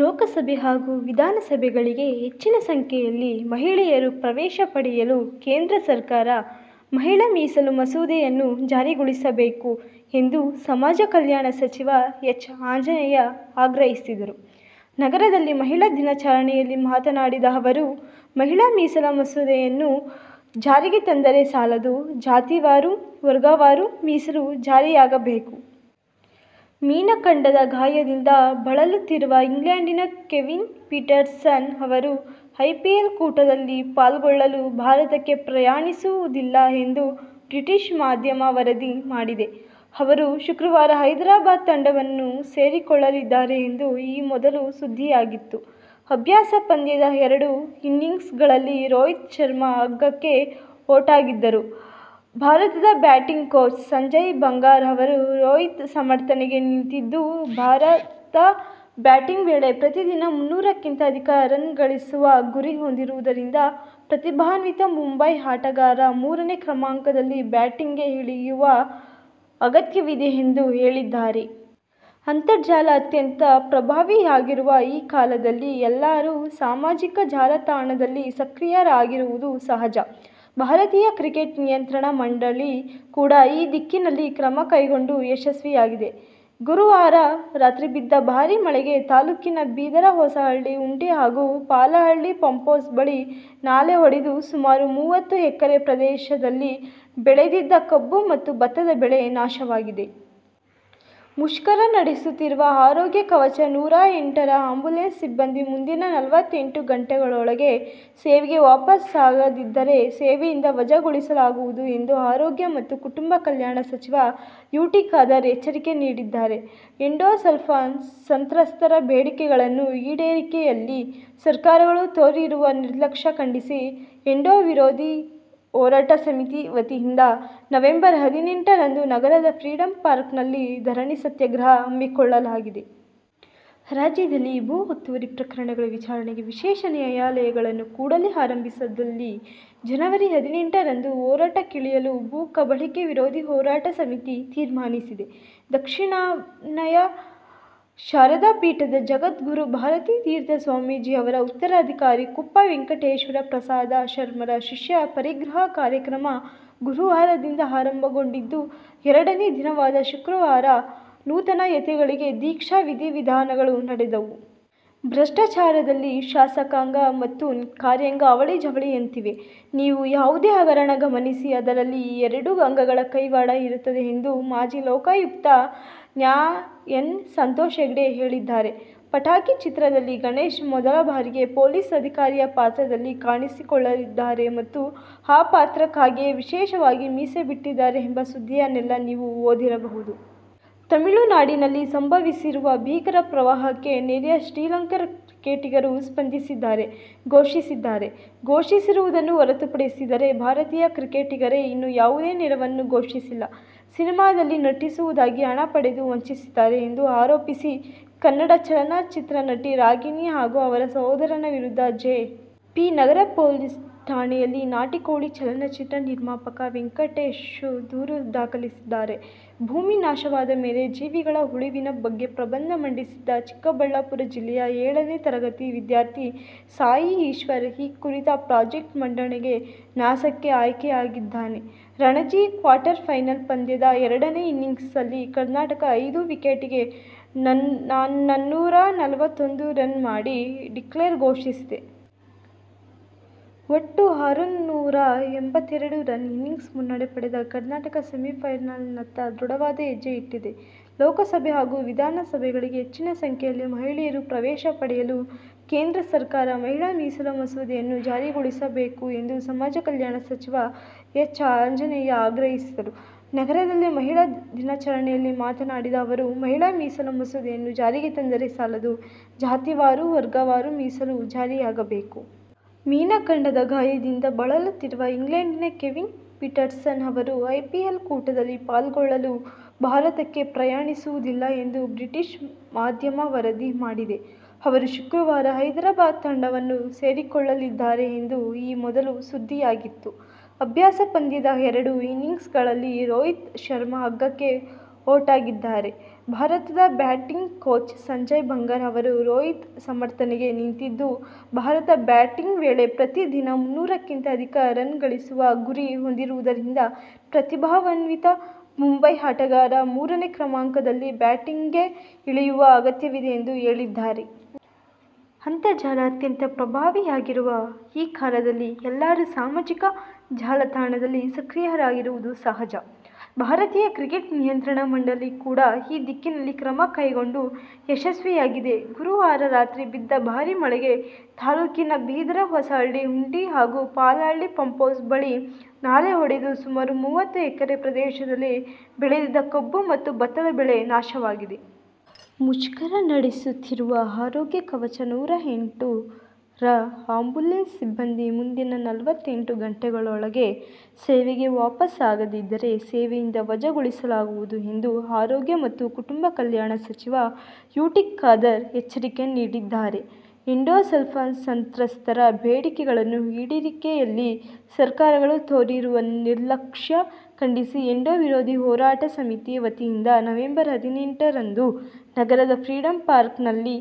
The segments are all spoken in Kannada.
ಲೋಕಸಭೆ ಹಾಗೂ ವಿಧಾನಸಭೆಗಳಿಗೆ ಹೆಚ್ಚಿನ ಸಂಖ್ಯೆಯಲ್ಲಿ ಮಹಿಳೆಯರು ಪ್ರವೇಶಪಡೆಯಲು ಕೇಂದ್ರ ಸರ್ಕಾರ ಮಹಿಳಾ ಮೀಸಲು ಮಸೂದೆಯನ್ನು ಜಾರಿಗೊಳಿಸಬೇಕು ಎಂದುಸಮಾಜಕಲ್ಯಾಣ ಸಚಿವ ಎಚ್. ಆಂಜನೇಯ ಆಗ್ರಹಿಸಿದರು. ನಗರದಲ್ಲಿ ಮಹಿಳಾ ದಿನಾಚರಣೆಯಲ್ಲಿ ಮಾತನಾಡಿದ ಅವರು, ಮಹಿಳಾ ಮೀಸಲು ಮಸೂದೆಯನ್ನು ಜಾರಿಗೆ ತಂದರೆ ಸಾಲದು, ಜಾತಿವಾರು, ವರ್ಗವಾರು ಮೀಸಲು ಜಾರಿಯಾಗಬೇಕು. ಮೀನಖಂಡದ ಗಾಯದಿಂದ ಬಳಲುತ್ತಿರುವ ಇಂಗ್ಲೆಂಡಿನ ಕೇವಿನ್ ಪೀಟರ್ಸನ್ ಅವರು ಐಪಿಎಲ್ ಕೂಟದಲ್ಲಿ ಪಾಲ್ಗೊಳ್ಳಲು ಭಾರತಕ್ಕೆ ಪ್ರಯಾಣಿಸುವುದಿಲ್ಲ ಎಂದು ಬ್ರಿಟಿಷ್ ಮಾಧ್ಯಮ ವರದಿ ಮಾಡಿದೆ. ಅವರು ಶುಕ್ರವಾರ ಹೈದರಾಬಾದ್ ತಂಡವನ್ನು ಸೇರಿಕೊಳ್ಳಲಿದ್ದಾರೆ ಎಂದು ಈ ಮೊದಲು ಸುದ್ದಿಯಾಗಿತ್ತು. ಅಭ್ಯಾಸ ಪಂದ್ಯದ ಎರಡು ಇನ್ನಿಂಗ್ಸ್ಗಳಲ್ಲಿ ರೋಹಿತ್ ಶರ್ಮ ಅಗ್ಗಕ್ಕೆ ಔಟಾಗಿದ್ದರೂ ಭಾರತದ ಬ್ಯಾಟಿಂಗ್ ಕೋಚ್ ಸಂಜಯ್ ಬಂಗಾರ್ ಅವರು ರೋಹಿತ್ ಸಮರ್ಥನೆಗೆ ನಿಂತಿದ್ದು, ಭಾರತ ಬ್ಯಾಟಿಂಗ್ ವೇಳೆ ಪ್ರತಿದಿನ ಮುನ್ನೂರಕ್ಕಿಂತ ಅಧಿಕ ರನ್ ಗಳಿಸುವ ಗುರಿ ಹೊಂದಿರುವುದರಿಂದ ಪ್ರತಿಭಾನ್ವಿತ ಮುಂಬಯಿ ಆಟಗಾರ ಮೂರನೇ ಕ್ರಮಾಂಕದಲ್ಲಿ ಬ್ಯಾಟಿಂಗ್ಗೆ ಇಳಿಯುವ ಅಗತ್ಯವಿದೆ ಎಂದು ಹೇಳಿದ್ದಾರೆ. ಅಂತರ್ಜಾಲ ಅತ್ಯಂತ ಪ್ರಭಾವಿಯಾಗಿರುವ ಈ ಕಾಲದಲ್ಲಿ ಎಲ್ಲರೂ ಸಾಮಾಜಿಕ ಜಾಲತಾಣದಲ್ಲಿ ಸಕ್ರಿಯರಾಗಿರುವುದು ಸಹಜ. ಭಾರತೀಯ ಕ್ರಿಕೆಟ್ ನಿಯಂತ್ರಣ ಮಂಡಳಿ ಕೂಡ ಈ ದಿಕ್ಕಿನಲ್ಲಿ ಕ್ರಮ ಕೈಗೊಂಡು ಯಶಸ್ವಿಯಾಗಿದೆ. ಗುರುವಾರ ರಾತ್ರಿ ಬಿದ್ದ ಭಾರಿ ಮಳೆಗೆ ತಾಲೂಕಿನ ಬಿದರಹೊಸಹಳ್ಳಿ ಹುಂಡಿ ಹಾಗೂ ಪಾಲಹಳ್ಳಿ ಪಂಪ್ಹೌಸ್ ಬಳಿ ನಾಲೆ ಒಡೆದು ಸುಮಾರು ಮೂವತ್ತು ಎಕರೆ ಪ್ರದೇಶದಲ್ಲಿ ಬೆಳೆದಿದ್ದ ಕಬ್ಬು ಮತ್ತು ಭತ್ತದ ಬೆಳೆ ನಾಶವಾಗಿದೆ. ಮುಷ್ಕರ ನಡೆಸುತ್ತಿರುವ ಆರೋಗ್ಯ ಕವಚ ನೂರಾ ಎಂಟು ರ ಆಂಬ್ಯುಲೆನ್ಸ್ ಸಿಬ್ಬಂದಿ ಮುಂದಿನ ನಲ್ವತ್ತೆಂಟು ಗಂಟೆಗಳೊಳಗೆ ಸೇವೆಗೆ ವಾಪಸಾಗದಿದ್ದರೆ ಸೇವೆಯಿಂದ ವಜಾಗೊಳಿಸಲಾಗುವುದು ಎಂದು ಆರೋಗ್ಯ ಮತ್ತು ಕುಟುಂಬ ಕಲ್ಯಾಣ ಸಚಿವ ಯು. ಟಿ. ಖಾದರ್ ಎಚ್ಚರಿಕೆ ನೀಡಿದ್ದಾರೆ. ಎಂಡೋ ಸಲ್ಫಾನ್ ಸಂತ್ರಸ್ಥರ ಬೇಡಿಕೆಗಳನ್ನು ಈಡೇರಿಕೆಯಲ್ಲಿ ಸರ್ಕಾರಗಳು ತೋರಿರುವ ನಿರ್ಲಕ್ಷ್ಯ ಖಂಡಿಸಿ ಎಂಡೋ ವಿರೋಧಿ ಹೋರಾಟ ಸಮಿತಿ ವತಿಯಿಂದ ನವೆಂಬರ್ ಹದಿನೆಂಟು ರಂದು ನಗರದ ಫ್ರೀಡಂ ಪಾರ್ಕ್ನಲ್ಲಿ ಧರಣಿ ಸತ್ಯಾಗ್ರಹ ಹಮ್ಮಿಕೊಳ್ಳಲಾಗಿದೆ. ರಾಜ್ಯದಲ್ಲಿ ಭೂ ಒತ್ತುವರಿ ಪ್ರಕರಣಗಳ ವಿಚಾರಣೆಗೆ ವಿಶೇಷ ನ್ಯಾಯಾಲಯಗಳನ್ನು ಕೂಡಲೇ ಆರಂಭಿಸದಿದ್ದಲ್ಲಿ ಜನವರಿ ಹದಿನೆಂಟು ರಂದು ಹೋರಾಟಕ್ಕಿಳಿಯಲು ಭೂಕಬಳಿಕೆ ವಿರೋಧಿ ಹೋರಾಟ ಸಮಿತಿ ತೀರ್ಮಾನಿಸಿದೆ. ದಕ್ಷಿಣಾಮ್ನಾಯ ಶಾರದಾಪೀಠದ ಜಗದ್ಗುರು ಭಾರತೀ ತೀರ್ಥ ಸ್ವಾಮೀಜಿ ಅವರ ಉತ್ತರಾಧಿಕಾರಿ ಕುಪ್ಪಾ ವೆಂಕಟೇಶ್ವರ ಪ್ರಸಾದ ಶರ್ಮರ ಶಿಷ್ಯ ಪರಿಗ್ರಹ ಕಾರ್ಯಕ್ರಮ ಗುರುವಾರದಿಂದ ಆರಂಭಗೊಂಡಿದ್ದು ಎರಡನೇ ದಿನವಾದ ಶುಕ್ರವಾರ ನೂತನ ಯತಿಗಳಿಗೆ ದೀಕ್ಷಾ ವಿಧಿವಿಧಾನಗಳು ನಡೆದವು. ಭ್ರಷ್ಟಾಚಾರದಲ್ಲಿ ಶಾಸಕಾಂಗ ಮತ್ತು ಕಾರ್ಯಾಂಗ ಅವಳಿ- ಜವಳಿಯಂತಿವೆ. ನೀವು ಯಾವುದೇ ಹಗರಣ ಗಮನಿಸಿ, ಅದರಲ್ಲಿ ಈ ಎರಡು ಅಂಗಗಳ ಕೈವಾಡ ಇರುತ್ತದೆ ಎಂದು ಮಾಜಿ ಲೋಕಾಯುಕ್ತ ನ್ಯಾ ಎನ್. ಸಂತೋಷ್ ಹೆಗ್ಡೆ ಹೇಳಿದ್ದಾರೆ. 'ಪಟಾಕಿ' ಚಿತ್ರದಲ್ಲಿ ಗಣೇಶ್ ಮೊದಲ ಬಾರಿಗೆ ಪೊಲೀಸ್ ಅಧಿಕಾರಿಯ ಪಾತ್ರದಲ್ಲಿ ಕಾಣಿಸಿಕೊಳಲಿದ್ದಾರೆ ಮತ್ತು ಆ ಪಾತ್ರಕ್ಕಾಗಿಯೇ ವಿಶೇಷವಾಗಿ ಮೀಸೆ ಬಿಟ್ಟಿದ್ದಾರೆ ಎಂಬ ಸುದ್ದಿಯನ್ನೆಲ್ಲಾ ನೀವು ಓದಿರಬಹುದು. ತಮಿಳುನಾಡಿನಲ್ಲಿ ಸಂಭವಿಸಿರುವ ಭೀಕರ ಪ್ರವಾಹಕ್ಕೆ ನೆರೆಯ ಶ್ರೀಲಂಕಾ ಕ್ರಿಕೆಟಿಗರು ಸ್ಪಂದಿಸಿದ್ದಾರೆ. ಘೋಷಿಸಿದ್ದಾರೆ. ಘೋಷಿಸಿರುವುದನ್ನು ಹೊರತುಪಡಿಸಿದರೆ ಭಾರತೀಯ ಕ್ರಿಕೆಟಿಗರೇ ಇನ್ನೂ ಯಾವುದೇ ನೆರವನ್ನು ಘೋಷಿಸಿಲ್ಲ. ಸಿನಿಮಾದಲ್ಲಿ ನಟಿಸುವುದಾಗಿ ಹಣ ಪಡೆದು ವಂಚಿಸಿದ್ದಾರೆ ಎಂದು ಆರೋಪಿಸಿ ಕನ್ನಡ ಚಲನಚಿತ್ರ ನಟಿ ರಾಗಿಣಿ ಹಾಗೂ ಅವರ ಸೋದರನ ವಿರುದ್ಧ ಜೆ. ಪಿ. ನಗರ ಪೊಲೀಸ್ ಠಾಣೆಯಲ್ಲಿ ನಾಟಿಕೋಳಿ ಚಲನಚಿತ್ರ ನಿರ್ಮಾಪಕ ವೆಂಕಟೇಶ್ದೂರು ದಾಖಲಿಸಿದ್ದಾರೆ. ಭೂಮಿ ನಾಶವಾದ ಮೇಲೆ ಜೀವಿಗಳ ಉಳಿವಿನ ಬಗ್ಗೆ ಪ್ರಬಂಧ ಮಂಡಿಸಿದ್ದ ಚಿಕ್ಕಬಳ್ಳಾಪುರ ಜಿಲ್ಲೆಯ ಏಳನೇ ತರಗತಿ ವಿದ್ಯಾರ್ಥಿ ಸಾಯಿ ಈಶ್ವರ್ ಈ ಕುರಿತ ಪ್ರಾಜೆಕ್ಟ್ ಮಂಡನೆಗೆ ನಾಸಾಕ್ಕೆ ಆಯ್ಕೆಯಾಗಿದ್ದಾನೆ. ರಣಜಿ ಕ್ವಾರ್ಟರ್ಫೈನಲ್ ಪಂದ್ಯದ ಎರಡನೇ ಇನ್ನಿಂಗ್ಸ್ನಲ್ಲಿ ಕರ್ನಾಟಕ ಐದು ವಿಕೆಟಿಗೆ ನನ್ನೂರ ನಲವತ್ತೊಂದು ರನ್ ಮಾಡಿ ಡಿಕ್ಲೇರ್ ಘೋಷಿಸಿದೆ. ಒಟ್ಟು ಆರುನೂರ ಎಂಬತ್ತೆರಡು ರನ್ ಇನ್ನಿಂಗ್ಸ್ ಮುನ್ನಡೆ ಪಡೆದ ಕರ್ನಾಟಕ ಸೆಮಿಫೈನಲ್ನತ್ತ ದೃಢವಾದ ಹೆಜ್ಜೆ ಇಟ್ಟಿದೆ. ಲೋಕಸಭೆ ಹಾಗೂ ವಿಧಾನಸಭೆಗಳಿಗೆ ಹೆಚ್ಚಿನ ಸಂಖ್ಯೆಯಲ್ಲಿ ಮಹಿಳೆಯರು ಪ್ರವೇಶಪಡೆಯಲು ಕೇಂದ್ರ ಸರ್ಕಾರ ಮಹಿಳಾ ಮೀಸಲು ಮಸೂದೆಯನ್ನು ಜಾರಿಗೊಳಿಸಬೇಕು ಎಂದುಸಮಾಜಕಲ್ಯಾಣ ಸಚಿವ ಎಚ್. ಆಂಜನೇಯ ಆಗ್ರಹಿಸಿದರು. ನಗರದಲ್ಲಿ ಮಹಿಳಾ ದಿನಾಚರಣೆಯಲ್ಲಿ ಮಾತನಾಡಿದ ಅವರು, ಮಹಿಳಾ ಮೀಸಲು ಮಸೂದೆಯನ್ನು ಜಾರಿಗೆ ತಂದರೆ ಸಾಲದು, ಜಾತಿವಾರು, ವರ್ಗವಾರು ಮೀಸಲು ಜಾರಿಯಾಗಬೇಕು. ಮೀನಖಂಡದ ಗಾಯದಿಂದ ಬಳಲುತ್ತಿರುವ ಇಂಗ್ಲೆಂಡಿನ ಕೇವಿನ್ ಪೀಟರ್ಸನ್ ಅವರು ಐಪಿಎಲ್ ಕೂಟದಲ್ಲಿ ಪಾಲ್ಗೊಳ್ಳಲು ಭಾರತಕ್ಕೆ ಪ್ರಯಾಣಿಸುವುದಿಲ್ಲ ಎಂದು ಬ್ರಿಟಿಷ್ ಮಾಧ್ಯಮ ವರದಿ ಮಾಡಿದೆ. ಅವರು ಶುಕ್ರವಾರ ಹೈದರಾಬಾದ್ ತಂಡವನ್ನು ಸೇರಿಕೊಳ್ಳಲಿದ್ದಾರೆ ಎಂದು ಈ ಮೊದಲು ಸುದ್ದಿಯಾಗಿತ್ತು. ಅಭ್ಯಾಸ ಪಂದ್ಯದ ಎರಡು ಇನ್ನಿಂಗ್ಸ್ಗಳಲ್ಲಿ ರೋಹಿತ್ ಶರ್ಮ ಅಗ್ಗಕ್ಕೆ ಔಟಾಗಿದ್ದರೂ ಭಾರತದ ಬ್ಯಾಟಿಂಗ್ ಕೋಚ್ ಸಂಜಯ್ ಬಂಗಾರ್ ಅವರು ರೋಹಿತ್ ಸಮರ್ಥನೆಗೆ ನಿಂತಿದ್ದು, ಭಾರತ ಬ್ಯಾಟಿಂಗ್ ವೇಳೆ ಪ್ರತಿದಿನ ಮುನ್ನೂರಕ್ಕಿಂತ ಅಧಿಕ ರನ್ ಗಳಿಸುವ ಗುರಿ ಹೊಂದಿರುವುದರಿಂದ ಪ್ರತಿಭಾನ್ವಿತ ಮುಂಬಯಿ ಆಟಗಾರ ಮೂರನೇ ಕ್ರಮಾಂಕದಲ್ಲಿ ಬ್ಯಾಟಿಂಗ್ಗೆ ಇಳಿಯುವ ಅಗತ್ಯವಿದೆ ಎಂದು ಹೇಳಿದ್ದಾರೆ. ಅಂತರ್ಜಾಲ ಅತ್ಯಂತ ಪ್ರಭಾವಿಯಾಗಿರುವ ಈ ಕಾಲದಲ್ಲಿ ಎಲ್ಲರೂ ಸಾಮಾಜಿಕ ಜಾಲತಾಣದಲ್ಲಿ ಸಕ್ರಿಯರಾಗಿರುವುದು ಸಹಜ. ಭಾರತೀಯ ಕ್ರಿಕೆಟ್ ನಿಯಂತ್ರಣ ಮಂಡಳಿ ಕೂಡ ಈ ದಿಕ್ಕಿನಲ್ಲಿ ಕ್ರಮ ಕೈಗೊಂಡು ಯಶಸ್ವಿಯಾಗಿದೆ. ಗುರುವಾರ ರಾತ್ರಿ ಬಿದ್ದ ಭಾರಿ ಮಳೆಗೆ ತಾಲೂಕಿನ ಬಿದರಹೊಸಹಳ್ಳಿ ಹುಂಡಿ ಹಾಗೂ ಪಾಲಹಳ್ಳಿ ಪಂಪ್ಹೌಸ್ ಬಳಿ ನಾಲೆ ಒಡೆದು ಸುಮಾರು ಮೂವತ್ತು ಎಕರೆ ಪ್ರದೇಶದಲ್ಲಿ ಬೆಳೆದಿದ್ದ ಕಬ್ಬು ಮತ್ತು ಭತ್ತದ ಬೆಳೆ ನಾಶವಾಗಿದೆ. ಮುಷ್ಕರ ನಡೆಸುತ್ತಿರುವ ಆರೋಗ್ಯ ಕವಚ ನೂರಾ ಎಂಟು ರ ಆಂಬ್ಯುಲೆನ್ಸ್ ಸಿಬ್ಬಂದಿ ಮುಂದಿನ ನಲ್ವತ್ತೆಂಟು ಗಂಟೆಗಳೊಳಗೆ ಸೇವೆಗೆ ವಾಪಸಾಗದಿದ್ದರೆ ಸೇವೆಯಿಂದ ವಜಾಗೊಳಿಸಲಾಗುವುದು ಎಂದು ಆರೋಗ್ಯ ಮತ್ತು ಕುಟುಂಬ ಕಲ್ಯಾಣ ಸಚಿವ ಯು. ಟಿ. ಖಾದರ್ ಎಚ್ಚರಿಕೆ ನೀಡಿದ್ದಾರೆ. ಎಂಡೋ ಸಲ್ಫಾನ್ ಸಂತ್ರಸ್ಥರ ಬೇಡಿಕೆಗಳನ್ನು ಈಡೇರಿಕೆಯಲ್ಲಿ ಸರ್ಕಾರಗಳು ತೋರಿರುವ ನಿರ್ಲಕ್ಷ್ಯ ಖಂಡಿಸಿ ಎಂಡೋ ವಿರೋಧಿ ಹೋರಾಟ ಸಮಿತಿ ವತಿಯಿಂದ ನವೆಂಬರ್ ಹದಿನೆಂಟು ರಂದು ನಗರದ ಫ್ರೀಡಂ ಪಾರ್ಕ್ನಲ್ಲಿ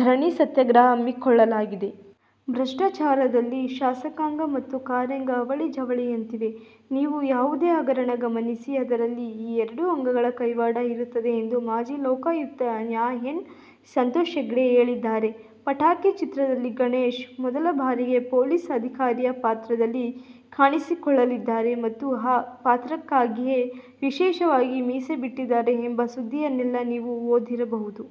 ಧರಣಿ ಸತ್ಯಾಗ್ರಹ ಹಮ್ಮಿಕೊಳ್ಳಲಾಗಿದೆ. ಭ್ರಷ್ಟಾಚಾರದಲ್ಲಿ ಶಾಸಕಾಂಗ ಮತ್ತು ಕಾರ್ಯಾಂಗ ಅವಳಿ- ಜವಳಿಯಂತಿವೆ. ನೀವು ಯಾವುದೇ ಹಗರಣ ಗಮನಿಸಿ, ಅದರಲ್ಲಿ ಈ ಎರಡು ಅಂಗಗಳ ಕೈವಾಡ ಇರುತ್ತದೆ ಎಂದು ಮಾಜಿ ಲೋಕಾಯುಕ್ತ ನ್ಯಾ ಎನ್. ಸಂತೋಷ್ ಹೆಗ್ಡೆ ಹೇಳಿದ್ದಾರೆ. 'ಪಟಾಕಿ' ಚಿತ್ರದಲ್ಲಿ ಗಣೇಶ್ ಮೊದಲ ಬಾರಿಗೆ ಪೊಲೀಸ್ ಅಧಿಕಾರಿಯ ಪಾತ್ರದಲ್ಲಿ ಕಾಣಿಸಿಕೊಳಲಿದ್ದಾರೆ ಮತ್ತು ಆ ಪಾತ್ರಕ್ಕಾಗಿಯೇ ವಿಶೇಷವಾಗಿ ಮೀಸೆ ಬಿಟ್ಟಿದ್ದಾರೆ ಎಂಬ ಸುದ್ದಿಯನ್ನೆಲ್ಲಾ ನೀವು ಓದಿರಬಹುದು.